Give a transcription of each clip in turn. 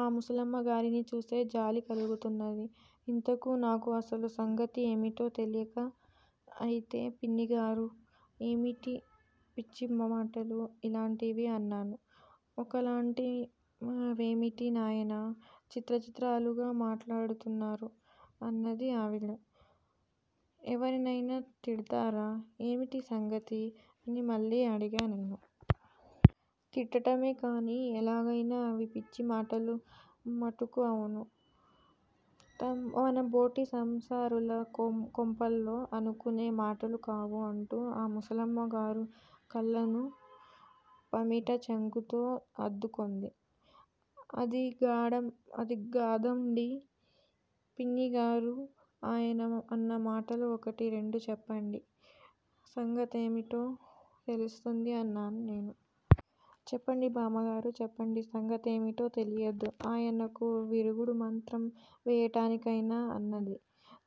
ఆ ముసలమ్మ గారిని చూస్తే జాలీ కలుగుతున్నది. ఇంతకూ నాకు అసలు సంగతి ఏమిటో తెలియక అయితే పిన్నిగారూ, ఏమిటీ పిచ్చి మాటలు, ఇలాంటివి? అన్నాను. ఒక లాంటి వేమిటి నాయనా, చిత్ర చిత్రాలుగా మాట్లాడుతున్నారు, అన్నది ఆవిడ. ఎవరినైనా తిడతారా, ఏమిటీ సంగతి? అని మళ్ళీ అడిగా నేను. తిట్టటమే కానీ, ఎలాగైన అవి పిచ్చి మాటలు మటుకు అవును. మన బోటి సంసారుల కొంపల్లో అనుకునే మాటలు కావు అంటూ ఆ ముసలమ్మ గారు కళ్ళను పమిట చెంగుతో అద్దుకొంది. అది గాదండీ పిన్నిగారూ, ఆయన అన్న మాటలు ఒకటి రెండు చెప్పండి. సంగతేమిటో తెలుస్తుంది అన్నాను నేను. చెప్పండి బామ్మగారూ, చెప్పండి, సంగతేమిటో తెలియొద్దూ! ఆయనకు, విరుగుడు మంత్రం వేయటానికైనా అన్నది.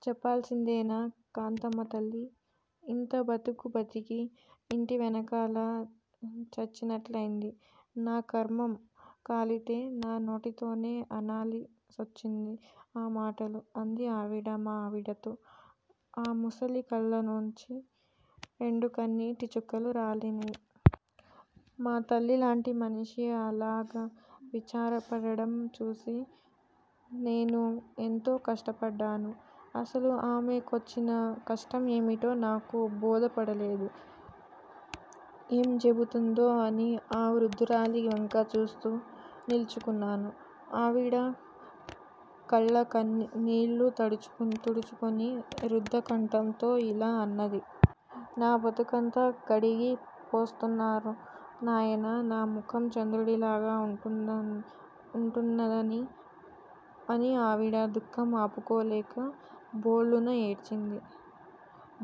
చెప్పాలిసిందేనా కాంతమ్మ తల్లీ! ఇంత బతుకూ బతికి ఇంటి వెనకాల చచ్చినట్లైంది. నాకర్మం కాలితే నా నోటితోనే అనాలిసొచ్చింది ఆ మాటలు! అంది ఆవిడ మా ఆవిడతో, ఆ ముసలి కళ్ళలోనుంచి రెండు కన్నీటి చుక్కలు రాలినై. మా తల్లిలాంటి మనిషి అలాగ విచార పడడం చూచి నేనూ ఎంతో కష్టపడ్డాను. అసలు ఆమె కొచ్చిన కష్టం ఏమిటో నాకు బోధపడలేదు. ఏం జెపుతుందో అని ఆ వృద్దురాలి వంక చూస్తూ నిలుచు కున్నాను. ఆవిడా కళ్ళ నీళ్ళు తుడుచుకొని రుద్ధ కంఠంతో ఇలా అన్నది. నా బతుకంతా కడిగి పోస్తున్నారు నాయనా నా ముఖం చంద్రుడి లాగ ఉంటున్నదని, అని ఆవిడ దుఃఖం ఆపుకోలేక భొళ్ళున ఏడ్చింది.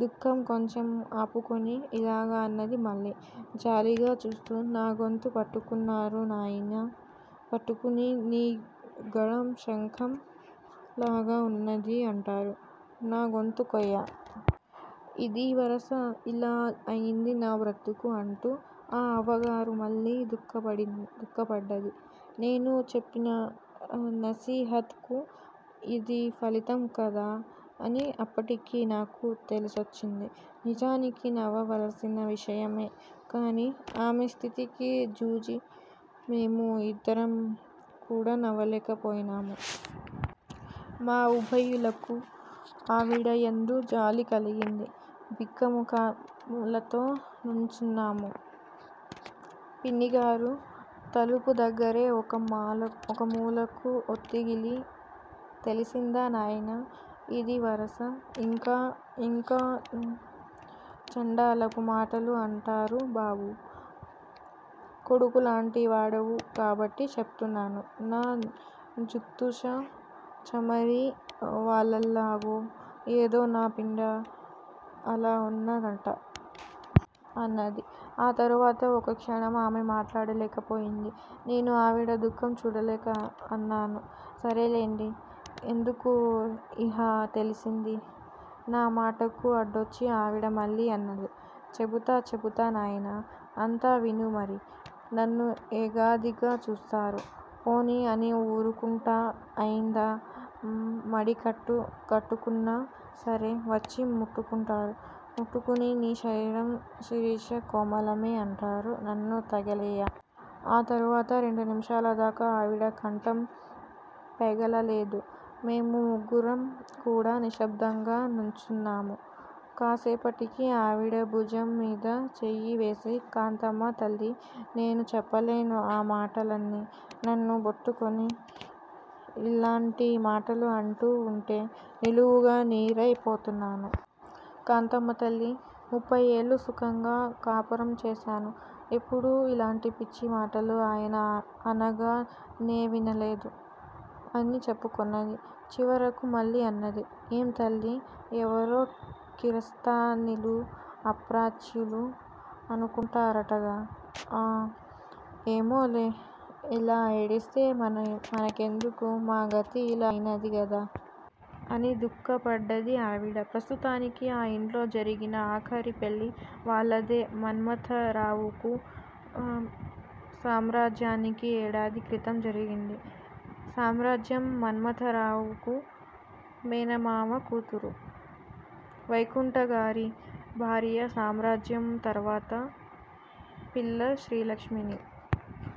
దుఃఖం కొంచెం ఆపుకొని ఇలాగ అన్నది మళ్ళీ, జాలిగా చూస్తూ, నాగొంతు పట్టుకున్నారు నాయినా పట్టుకునీ నీ గళం శంఖం లాగ ఉన్నదీ అంటారు, నా గొంతు కొయ్య! ఇదీ వరస ఇలా అయింది నా బ్రతుకు అంటూ ఆ అవ్వగారు మళ్ళీ దుఃఖ పడ్డది. నేను చెప్పిన నసీహత్ కు యిది ఫలితం కదా అని అప్పటికి నాకు తెలిసొచ్చింది. నిజానికి నవ్వవలసిన విషయమే. కాని ఆమె స్థితికి జూచి మేము యిద్దరం కూడా నవ్వలేక పోయినాము. మా ఉభయులకూ ఆవిడ యందు జాలి కలిగింది. బిక్క ముఖాలతో నుంచున్నాము. పిన్నిగారు తలుపు దగ్గరే ఒక మూలకు ఒత్తిగిలి తెలిసిందా నాయినా, ఇదీ వరస, ఇంకా, ఇంకా చండాలపు మాటలు అంటారు బాబూ! కొడుకు లాంటి వాడవు కాబట్టి చెపుతున్నాను. నా జుత్తుషా చమరీ వాలాల్లాగో, ఏదో నా పిండ, అలా ఉన్న దట! అన్నది. ఆ తరువాత ఒక క్షణం ఆమె మాట్లాడలేక పోయింది. నేను ఆవిడ దుఃఖం చూడలేక అన్నానూ, సరేలెండి ఎందుకూ ఇహ తెలిసింది. నా మాటకు అడ్డొచ్చి ఆవిడ మళ్ళీ అన్నదీ. చెపుతా, చెపుతా నాయినా, అంతా విను మరీ, నన్ను ఎగాదిగా చూస్తారు. పోనీ అని ఊరుకుంటా, అయిందా, మడికట్టు కట్టుకున్నా సరే వచ్చి ముట్టుకుంటారు, ముట్టుకుని నీ శరీరం శిరీష కోమలమే అంటారు, నన్ను తగలెయ్య! ఆ తరువాత రెండు నిమిషాల దాకా ఆవిడ కంఠం పెగలలేదు, మేము ముగ్గురం కూడా నిశ్శబ్దంగా నుంచున్నాము. కాసేపటికి ఆవిడ బుజం మీద చెయ్యి వేసి కాంతమ్మ తల్లీ నేను చెప్పలేను ఆ మాటలన్నీ నన్ను బట్టుకుని ఇల్లాంటి మాటలు అంటూ ఉంటే నిలువుగా నీరై పోతున్నాను. కాంతమ్మ తల్లీ, ముప్పై ఏళ్ళు సుఖంగా కాపరం చేశాను. ఎప్పుడూ ఇలాంటి పిచ్చి మాటలు ఆయన అనగా నేవినలేదు అని చెప్పుకొన్నది. చివరకు మళ్ళీ అన్నది, ఏం తల్లీ, ఎవరో కిరస్తానీలూ అప్రాచ్యులూ అనుకుంటారటగా అ! ఏమోలే ఎలా ఏడిస్తే మన కెందుకు? మా గతి ఇలా అయినది గదా? అని దుఃఖ పడ్డది ఆవిడ. ప్రస్తుతానికి ఆ ఇంట్లో జరిగిన ఆఖరి పెళ్ళి వాళ్ళదే మన్మథరావుకూ, సామ్రాజ్యానికి ఏడాది క్రితం జరిగింది. సామ్రాజ్యం మన్మథరావుకు మేనమామ కూతురు. వైకుంఠంగారి భార్య సామ్రాజ్యం తర్వాత పిల్ల శ్రీలక్ష్మిని